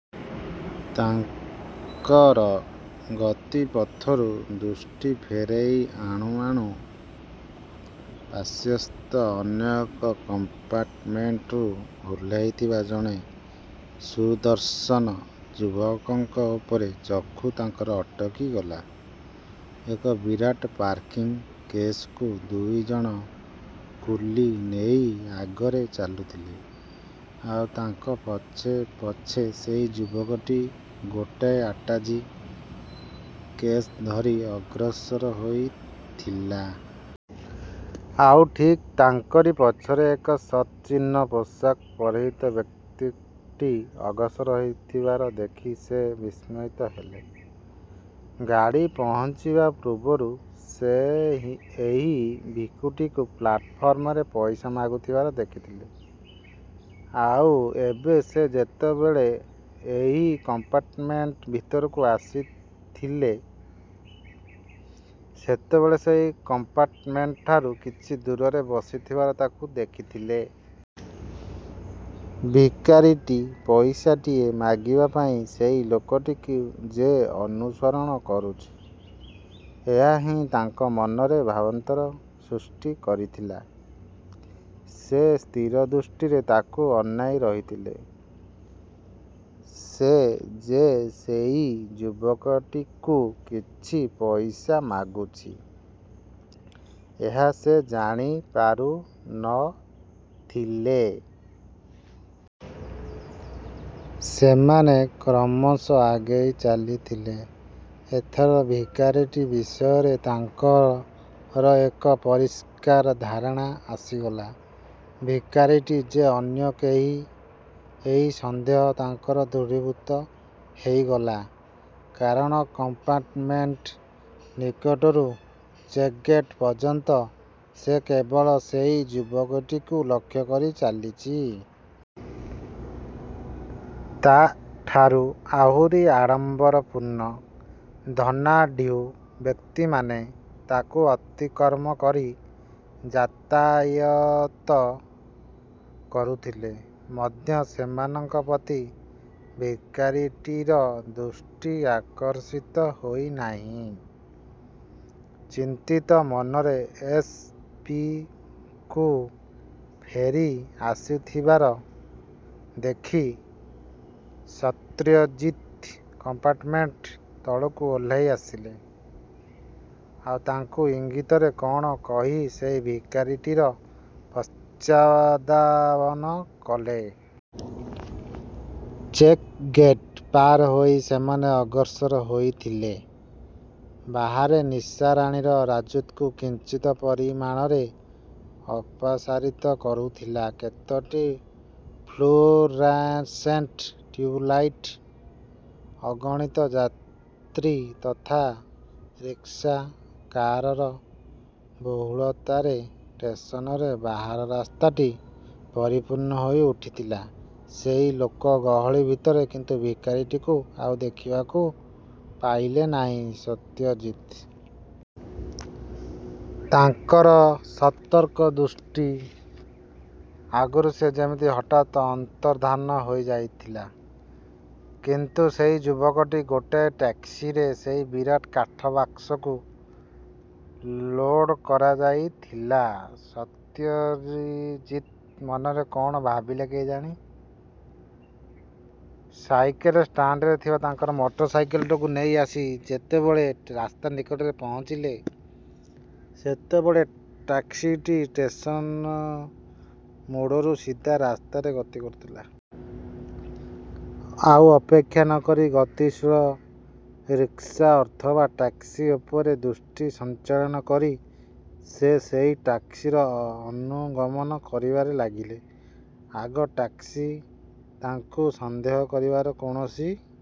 ତାଙ୍କର ଗତିପଥରୁ ଦୃଷ୍ଟି ଫେରାଇ ଆଣୁ ଆଣୁ ପାର୍ଶ୍ୱସ୍ଥ ଅନ୍ୟ ଏକ କମ୍ପାର୍ଟମେଣ୍ଟରୁ ଓହ୍ଲାଇଥିବା ଜଣେ ସୁଦର୍ଶନ ଯୁବକଙ୍କ ଉପରେ ଚକ୍ଷୁ ତାଙ୍କର ଅଟକିଗଲା। ଏକ ବିରାଟ ପ୍ୟାକିଂ କେସକୁ ଦୁଇ ଜଣ କୁଲି ନେଇ ଆଗରେ ଚାଲୁଥିଲେ। ଆଉ ତାଙ୍କ ପଛେ ପଛେ ସେହି ଯୁବକଟି ଗୋଟାଏ ଆଟାଚି କେସ୍ ଧରି ଅଗ୍ରସର ହୋଇଥିଲା। ଆଉ ଠିକ୍ ତାଙ୍କରି ପଛରେ ଏକ ଶତଛିନ୍ନ ପୋଷାକ ପରିହିତ ବ୍ୟକ୍ତିଟି ଅଗ୍ରସର ହେଉଥିବାର ଦେଖି ସେ ବିସ୍ମିତ ହେଲେ। ଗାଡ଼ି ପହଞ୍ଚିବା ପୂର୍ବରୁ ସେ ଏହି ଭିକ୍ଷୁକଟିକୁ ପ୍ଲାଟଫର୍ମରେ ପଇସା ମାଗୁଥିବାର ଦେଖିଥିଲେ। ଆଉ ଏବେ ସେ ଯେତେବେଳେ ଏହି କମ୍ପାର୍ଟମେଣ୍ଟ ଭିତରକୁ ଆସୁଥିଲେ, ସେତେବେଳେ ସେହି କମ୍ପାର୍ଟମେଣ୍ଟଠାରୁ କିଛି ଦୂରରେ ବସିଥିବାର ତାକୁ ଦେଖିଥିଲେ। ଭିକାରୀଟି ପଇସାଟିଏ ମାଗିବା ପାଇଁ ସେହି ଲୋକଟିକୁ ଯେ ଅନୁସରଣ କରୁଛି, ଏହା ହିଁ ତାଙ୍କ ମନରେ ଭାବାନ୍ତର ସୃଷ୍ଟି କରୁଥିଲା। ସେ ସ୍ଥିରଦୃଷ୍ଟିରେ ତାକୁ ଅନାଇ ରହିଥିଲେ। ସେ ଯେ ସେହି ଯୁବକଟିକୁ କିଛି ପଇସା ମାଗୁଛି, ଏହା ସେ ଜାଣିପାରୁ ନ ଥିଲେ। ସେମାନେ କ୍ରମଶଃ ଆଗେଇ ଚାଲିଥିଲେ। ଏଥର ଭିକାରୀଟି ବିଷୟରେ ତାଙ୍କର ଏକ ପରିଷ୍କାର ଧାରଣା ଆସିଗଲା। ଭିକାରୀଟି ଯେ ଅନ୍ୟ କେହି, ଏହି ସନ୍ଦେହ ତାଙ୍କର ଦୃଢ଼ୀଭୂତ ହୋଇଗଲା। କାରଣ କମ୍ପାର୍ଟମେଣ୍ଟ ନିକଟରୁ ଚେକ୍ ଗେଟ୍ ପର୍ଯ୍ୟନ୍ତ ସେ କେବଳ ସେହି ଯୁବକଟିକୁ ଲକ୍ଷ୍ୟ କରି ଚାଲିଚି। ତା'ଠାରୁ ଆହୁରି ଆଡ଼ମ୍ବରପୂର୍ଣ୍ଣ, ଧନାଢ଼୍ୟ ବ୍ୟକ୍ତିମାନେ ତାକୁ ଅତିକ୍ରମ କରି ଯାତାୟାତ କରୁଥିଲେ ମଧ୍ୟ ସେମାନଙ୍କ ପ୍ରତି ଭିକାରୀଟିର ଦୃଷ୍ଟି ଆକର୍ଷିତ ହୋଇ ନାହିଁ। ଚିନ୍ତିତ ମନରେ ଏସ୍. ପି. ଙ୍କୁ ଫେରି ଆସୁଥିବାର ଦେଖି, ଶତ୍ରୁଜିତ କମ୍ପାର୍ଟମେଣ୍ଟ ତଳକୁ ଓହ୍ଲାଇ ଆସିଲେ। ଆଉ ତାଙ୍କୁ ଇଙ୍ଗିତରେ କ'ଣ କହି ସେହି ଭିକାରୀଟିର ପଶ୍ଚାଦ୍ଧାବନ କଲେ। ଚେକ୍ ଗେଟ୍ ପାର ହୋଇ ସେମାନେ ଅଗ୍ରସର ହେଉଥିଲେ। ବାହାରେ ନିଶାରାଣୀର ରାଜତ୍ୱକୁ କିଞ୍ଚିତ୍ ପରିମାଣରେ ଅପସାରିତ କରୁଥିଲା କେତୋଟି ଫ୍ଲୁରୋସେଣ୍ଟ ଟିଉବଲାଇଟ। ଅଗଣିତ ଯାତ୍ରୀ ତଥା ରିକ୍ସା, କାରର ବହୁଳତାରେ ଷ୍ଟେସନର ବାହାର ରାସ୍ତାଟି ପରିପୂର୍ଣ୍ଣ ହୋଇ ଉଠିଥିଲା। ସେହି ଲୋକଗହଳି ଭିତରେ କିନ୍ତୁ ଭିକାରୀଟିକୁ ଆଉ ଦେଖିବାକୁ ପାଇଲେ ନାହିଁ ଶତ୍ୟଜିତ। ତାଙ୍କର ସତର୍କ ଦୃଷ୍ଟି ଆଗରୁ ସେ ଯେମିତି ହଠାତ୍ ଅନ୍ତର୍ଦ୍ଧାନ ହୋଇ ଯାଇଥିଲା, କିନ୍ତୁ ସେହି ଯୁବକଟି... ଗୋଟାଏ ଟ୍ୟାକ୍ସିରେ ସେହି ବିରାଟ କାଠ ବାକସକୁ ଲୋଡ୍ କରାଯାଇଥିଲା। ଶତ୍ରୁଜିତ ମନରେ କ'ଣ ଭାବିଲେ କେଜାଣି, ସାଇକେଲ ଷ୍ଟାଣ୍ଡରେ ଥିବା ତାଙ୍କର ମୋଟରସାଇକେଲଟିକୁ ନେଇ ଆସି ଯେତେବେଳେ ରାସ୍ତା ନିକଟରେ ପହଞ୍ଚିଲେ, ସେତେବେଳେ ଟ୍ୟାକ୍ସିଟି ଷ୍ଟେସନ ମୋଡ଼ରୁ ସିଧା ରାସ୍ତାରେ ଗତି କରୁଥିଲା। ଆଉ ଅପେକ୍ଷା ନ କରି ଗତିଶୀଳ ରିକ୍ସା ଅଥବା ଟ୍ୟାକ୍ସି ଉପରେ ଦୃଷ୍ଟି ସଞ୍ଚାଳନ କରି ସେ ସେହି ଟ୍ୟାକ୍ସିର ଅନୁଗମନ କରିବାରେ ଲାଗିଲେ। ଆଗ ଟ୍ୟାକ୍ସି ତାଙ୍କୁ ସନ୍ଦେହ କରିବାର କୌଣସି...